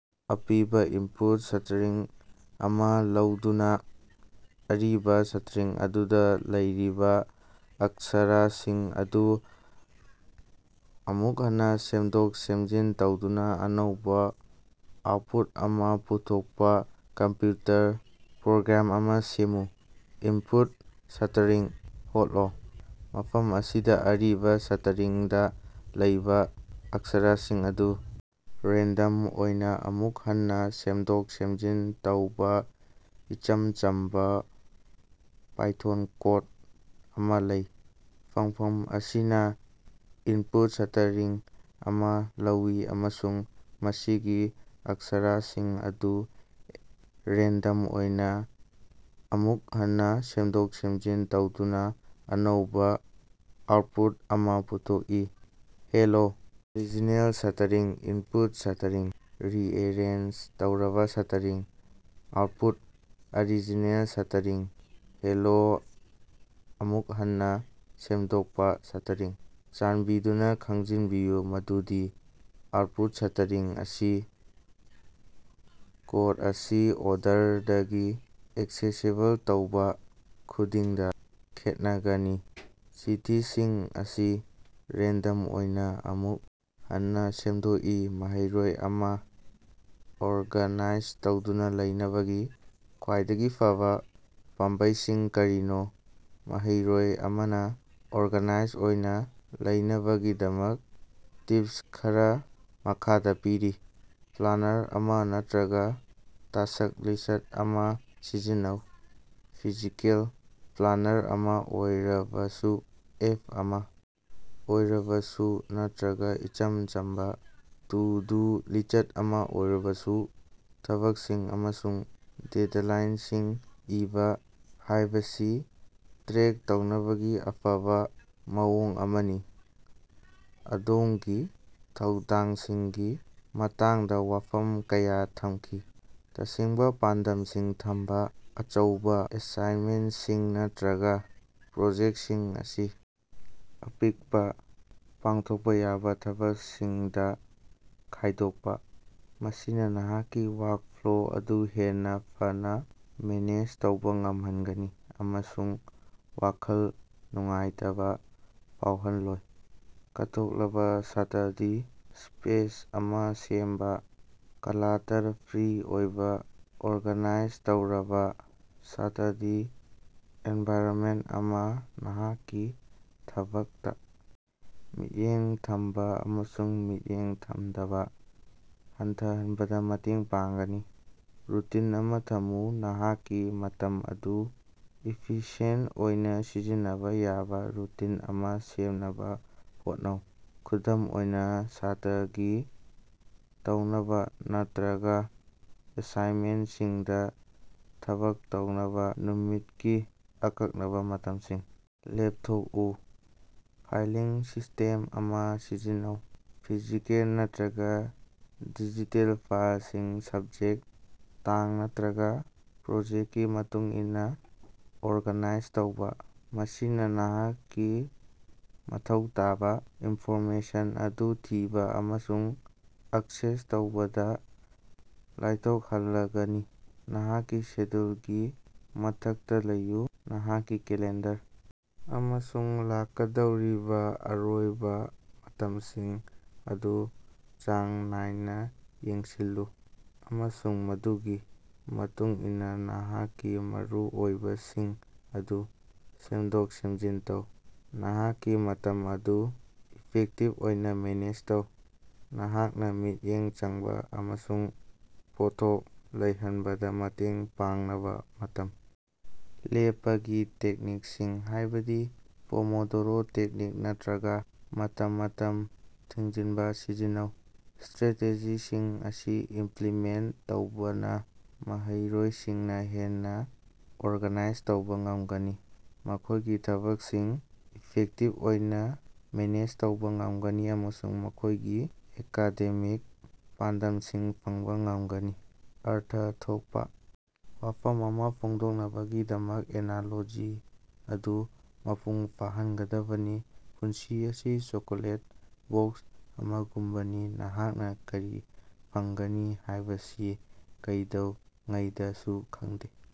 ꯑꯄꯤꯕ input string ꯑꯃ ꯂꯧꯗꯨꯅ ꯑꯔꯤꯕ ꯁ꯭ꯇꯔꯤꯡ ꯑꯗꯨꯗ ꯂꯩꯔꯤꯕ ꯑꯛꯁꯔꯁꯤꯡ ꯑꯗꯨ ꯑꯃꯨꯛ ꯍꯟꯅ ꯁꯦꯝꯗꯣꯛ-ꯁꯦꯝꯖꯤꯟ ꯇꯧꯗꯨꯅ ꯑꯅꯧꯕ ꯑꯥꯎꯠꯄꯨꯠ ꯑꯃ ꯄꯨꯊꯣꯛꯄ ꯀꯝꯄ꯭ꯌꯨꯇꯔ ꯄ꯭ꯔꯣꯒ꯭ꯔꯥꯝ ꯑꯃꯥ ꯁꯦꯝꯃꯨ꯫ Input string: hello. ꯃꯐꯝ ꯑꯁꯤꯗ ꯑꯔꯤꯕ ꯁ꯭ꯇꯔꯤꯡꯗ ꯂꯩꯕ ꯑꯛꯁꯔꯁꯤꯡ ꯑꯗꯨ ꯔꯦꯟꯗꯝ ꯑꯣꯏꯅ ꯑꯃꯨꯛ ꯍꯟꯅ ꯁꯦꯝꯗꯣꯛ-ꯁꯦꯝꯖꯤꯟ ꯇꯧꯕ ꯏꯆꯝ ꯆꯝꯕ ꯄꯥꯏꯊꯣꯟ ꯀꯣꯗ ꯑꯃꯥ ꯂꯩ, ꯐꯪꯐꯝ ꯑꯁꯤꯅ ꯏꯟꯄꯨꯠ ꯁ꯭ꯇꯔꯤꯡ ꯑꯃ ꯂꯧꯏ ꯑꯃꯁꯨꯡ ꯃꯁꯤꯒꯤ ꯑꯛꯁꯔꯁꯤꯡ ꯑꯗꯨ ꯔꯦꯟꯗꯝ ꯑꯣꯏꯅ ꯑꯃꯨꯛ ꯍꯟꯅ ꯁꯦꯝꯗꯣꯛ-ꯁꯦꯝꯖꯤꯟ ꯇꯧꯗꯨꯅ ꯑꯅꯧꯕ ꯑꯥꯎꯠꯄꯨꯠ ꯑꯃ ꯄꯨꯊꯣꯛꯏ꯫ Hello original string: input string rearrange ꯇꯧꯔꯕ string: output: original string: hello ꯑꯃꯨꯛ ꯍꯟꯅ ꯁꯦꯝꯗꯣꯛꯄ ꯁ꯭ꯇꯔꯤꯡ: ꯆꯥꯟꯕꯤꯗꯨꯅ ꯈꯪꯖꯤꯟꯕꯤꯌꯨ ꯃꯗꯨꯗꯤ ꯑꯥꯎꯠꯄꯨꯠ ꯁ꯭ꯇꯔꯤꯡ ꯑꯁꯤ ꯀꯣꯗ ꯑꯁꯤ ꯑꯣꯔꯗꯔꯗꯒꯤ ꯑꯦꯛꯁꯦꯁꯤꯕꯜ ꯇꯧꯕ ꯈꯨꯗꯤꯡꯗ ꯈꯦꯠꯅꯒꯅꯤ꯫ ꯆꯤꯊꯤꯁꯤꯡ ꯑꯁꯤ ꯔꯦꯟꯗꯝ ꯑꯣꯏꯅ ꯑꯃꯨꯛ ꯍꯟꯅ ꯁꯦꯝꯗꯣꯛꯏ꯫ ꯃꯍꯩꯔꯣꯏ ꯑꯃꯅ ꯑꯣꯔꯒꯥꯅꯥꯏꯖ ꯇꯧꯗꯨꯅ ꯂꯩꯅꯕꯒꯤ ꯈ꯭ꯋꯥꯏꯗꯒꯤ ꯐꯕ ꯄꯥꯝꯕꯩꯁꯤꯡ ꯀꯔꯤꯅꯣ ꯃꯍꯩꯔꯣꯏ ꯑꯃꯅ ꯑꯣꯔꯒꯥꯅꯥꯏꯖ ꯑꯣꯏꯅ ꯂꯩꯅꯕꯒꯤꯗꯃꯛ ꯇꯤꯞꯁ ꯈꯔ ꯃꯈꯥꯗ ꯄꯤꯔꯤ: ꯄ꯭ꯂꯥꯅꯔ ꯑꯃ ꯅꯠꯇ꯭ꯔꯒ ꯇꯥꯁ꯭ꯛ ꯂꯤꯁ꯭ꯠ ꯑꯃꯥ ꯁꯤꯖꯤꯟꯅꯧ: ꯐꯤꯖꯤꯀꯦꯜ ꯄ꯭ꯂꯥꯅꯔ ꯑꯃꯥ ꯑꯣꯏꯔꯕꯁꯨ, ꯑꯦꯞ ꯑꯃꯥ ꯑꯣꯏꯔꯕꯁꯨ ꯅꯠꯇꯔꯒ ꯏꯆꯝ ꯆꯝꯕ ꯇꯨ ꯗꯨ ꯂꯤꯁ꯭ꯠ ꯑꯃ ꯑꯣꯏꯔꯕꯁꯨ, ꯊꯕꯛꯁꯤꯡ ꯑꯃꯁꯨꯡ ꯗꯦꯗꯂꯥꯏꯟꯁꯤꯡ ꯏꯕ ꯍꯥꯏꯕꯁꯤ ꯇ꯭ꯔꯦꯛ ꯇꯧꯅꯕꯒꯤ ꯑꯐꯕ ꯃꯑꯣꯡ ꯑꯃꯅꯤ꯫ ꯑꯗꯣꯝꯒꯤ ꯊꯧꯗꯥꯡꯁꯤꯡꯒꯤ ꯃꯇꯥꯡꯗ ꯋꯥꯐꯝ ꯀꯌꯥ ꯊꯝꯈꯤ꯫ ꯇꯁꯦꯡꯕ ꯄꯥꯟꯗꯝꯁꯤꯡ ꯊꯝꯕ: ꯑꯆꯧꯕ ꯑꯦꯁꯥꯏꯟꯃꯦꯟꯁꯤꯡ ꯅꯠꯇꯔꯒ ꯄ꯭ꯔꯣꯖꯦꯛꯁꯤꯡ ꯑꯁꯤ ꯑꯄꯤꯛꯄ, ꯄꯥꯡꯊꯣꯛꯄ ꯌꯥꯕ ꯊꯕꯛꯁꯤꯡꯗ ꯈꯥꯏꯗꯣꯛꯄ꯫ ꯃꯁꯤꯅ ꯅꯍꯥꯛꯀꯤ ꯋꯥꯔꯛꯐ꯭ꯂꯣ ꯑꯗꯨ ꯍꯦꯟꯅ ꯐꯅ ꯃꯦꯅꯦꯖ ꯇꯧꯕ ꯉꯝꯍꯟꯒꯅꯤ ꯑꯃꯁꯨꯡ ꯋꯥꯈꯜ ꯅꯨꯡꯉꯥꯏꯇꯕ ꯐꯥꯎꯍꯜꯂꯣꯏ꯫ ꯀꯠꯊꯣꯛꯂꯕ ꯁ꯭ꯇꯗꯤ ꯁ꯭ꯄꯦꯁ ꯑꯃ ꯁꯦꯝꯕ: ꯀ꯭ꯂꯥꯇꯔ ꯐ꯭ꯔꯤ ꯑꯃꯁꯨꯡ ꯑꯣꯔꯒꯥꯅꯥꯏꯖ ꯇꯧꯔꯕ ꯁ꯭ꯇꯗꯤ ꯑꯦꯟꯚꯥꯏꯔꯟꯃꯦꯟ ꯑꯃꯅ ꯅꯍꯥꯛꯀꯤ ꯊꯕꯛꯇ ꯃꯤꯠꯌꯦꯡ ꯊꯝꯕ ꯑꯃꯁꯨꯡ ꯃꯤꯠꯌꯦꯡ ꯊꯝꯗꯕ ꯍꯟꯊꯍꯟꯕꯗ ꯃꯇꯦꯡ ꯄꯥꯡꯒꯅꯤ꯫ ꯔꯨꯇꯤꯟ ꯑꯃꯥ ꯊꯝꯃꯨ: ꯅꯍꯥꯛꯀꯤ ꯃꯇꯝ ꯑꯗꯨ ꯏꯐꯤꯁꯤꯑꯦꯟꯠ ꯑꯣꯏꯅ ꯁꯤꯖꯤꯟꯅꯕ ꯌꯥꯕ ꯔꯨꯇꯤꯟ ꯑꯃ ꯁꯦꯝꯅꯕ ꯍꯣꯠꯅꯧ꯫ ꯈꯨꯗꯝ ꯑꯣꯏꯅ, ꯁ꯭ꯇꯗꯤ ꯇꯧꯅꯕ ꯅꯠꯇꯔꯒ ꯑꯦꯁꯥꯏꯟꯃꯦꯟꯁꯤꯡꯗ ꯊꯕꯛ ꯇꯧꯅꯕ ꯅꯨꯃꯤꯠꯀꯤ ꯑꯀꯛꯅꯕ ꯃꯇꯝꯁꯤꯡ ꯂꯦꯞꯊꯣꯛꯎ꯫ ꯐꯥꯏꯂꯤꯡ ꯁꯤꯁ꯭ꯇꯦꯝ ꯑꯃ ꯁꯤꯖꯤꯟꯅꯧ: ꯐꯤꯖꯤꯀꯦꯜ ꯅꯠꯇꯔꯒ ꯗꯤꯖꯤꯇꯦꯜ ꯐꯥꯏꯜꯁꯤꯡ ꯁꯕꯖꯦꯛ, ꯇꯥꯡ ꯅꯠꯇꯔꯒ ꯄ꯭ꯔꯣꯖꯦꯛꯀꯤ ꯃꯇꯨꯡꯏꯟꯅ ꯑꯣꯔꯒꯥꯅꯥꯏꯖ ꯇꯧꯕ꯫ ꯃꯁꯤꯅ ꯅꯍꯥꯛꯅ ꯃꯊꯧ ꯇꯥꯕ ꯏꯟꯐꯣꯔꯃꯦꯁꯟ ꯑꯗꯨ ꯊꯤꯕ ꯑꯃꯁꯨꯡ ꯑꯦꯛꯁꯦꯁ ꯇꯧꯕꯗ ꯂꯥꯏꯊꯣꯛꯍꯜꯂꯒꯅꯤ꯫ ꯅꯍꯥꯛꯀꯤ ꯁꯦꯗ꯭ꯌꯨꯜꯒꯤ ꯃꯊꯛꯇ ꯂꯩꯌꯨ: ꯅꯍꯥꯛꯀꯤ ꯀꯦꯂꯦꯟꯗꯔ ꯑꯃꯁꯨꯡ ꯂꯥꯛꯀꯗꯧꯔꯤꯕ ꯑꯔꯣꯏꯕ ꯃꯇꯝꯁꯤꯡ ꯑꯗꯨ ꯆꯥꯡ ꯅꯥꯏꯅ ꯌꯦꯡꯁꯤꯜꯂꯨ, ꯑꯃꯁꯨꯡ ꯃꯗꯨꯒꯤ ꯃꯇꯨꯡ ꯏꯟꯅ ꯅꯍꯥꯛꯀꯤ ꯃꯔꯨꯑꯣꯏꯕꯁꯤꯡ ꯑꯗꯨ ꯁꯦꯝꯗꯣꯛ-ꯁꯦꯝꯖꯤꯟ ꯇꯧ꯫ ꯅꯍꯥꯛꯀꯤ ꯃꯇꯝ ꯑꯗꯨ ꯏꯐꯦꯛꯇꯤꯚ ꯑꯣꯏꯅ ꯃꯦꯅꯦꯖ ꯇꯧ: ꯅꯍꯥꯛꯅ ꯃꯤꯠꯌꯦꯡ ꯆꯪꯕ ꯑꯃꯁꯨꯡ ꯄꯣꯠꯊꯣꯛ ꯂꯩꯍꯟꯕꯗ ꯃꯇꯦꯡ ꯄꯥꯡꯅꯕ ꯃꯇꯝ ꯂꯦꯞꯄꯒꯤ ꯇꯦꯛꯅꯤꯛꯁꯤꯡ, ꯍꯥꯏꯕꯗꯤ ꯄꯣꯃꯣꯗꯣꯔꯣ ꯇꯦꯛꯅꯤꯛ ꯅꯠꯇꯔꯒ ꯃꯇꯝ-ꯃꯇꯝ ꯊꯤꯡꯖꯤꯟꯕ ꯁꯤꯖꯤꯟꯅꯧ꯫ ꯁ꯭ꯇꯔꯥꯇꯦꯖꯤꯁꯤꯡ ꯑꯁꯤ ꯏꯝꯄꯂꯤꯃꯦꯟꯠ ꯇꯧꯕꯅ ꯃꯍꯩꯔꯣꯏꯁꯤꯡꯅ ꯍꯦꯟꯅ ꯑꯣꯔꯒꯥꯅꯥꯏꯖ ꯇꯧꯕ ꯉꯝꯒꯅꯤ, ꯃꯈꯣꯏꯒꯤ ꯊꯕꯛꯁꯤꯡ ꯏꯐꯦꯛꯇꯤꯕ ꯑꯣꯏꯅ ꯃꯦꯅꯦꯖ ꯇꯧꯕ ꯉꯝꯒꯅꯤ ꯑꯃꯁꯨꯡ ꯃꯈꯣꯏꯒꯤ ꯑꯦꯀꯥꯗꯦꯃꯤꯛ ꯄꯥꯟꯗꯝꯁꯤꯡ ꯐꯪꯕ ꯉꯝꯒꯅꯤ꯫ ꯑꯔꯊ ꯊꯣꯛꯄꯥ ꯋꯥꯐꯝ ꯑꯃꯥ ꯐꯣꯡꯗꯣꯛꯅꯕꯒꯤꯗꯃꯛ ꯑꯦꯅꯥꯂꯣꯖꯤ ꯑꯗꯨ ꯃꯄꯨꯡ ꯐꯥꯍꯟꯒꯗꯕꯅꯤ꯫ ꯄꯨꯟꯁꯤ ꯑꯁꯤ ꯆꯣꯀꯣꯂꯦꯠꯀꯤ ꯕꯣꯛꯁ ꯑꯃꯒꯨꯝꯕꯅꯤ, ꯅꯍꯥꯛꯅꯥ ꯀꯔꯤ ꯐꯪꯒꯅꯤ ꯍꯥꯏꯕꯁꯤ ꯀꯩꯗꯧꯉꯩꯗꯁꯨ ꯈꯪꯗꯦ꯫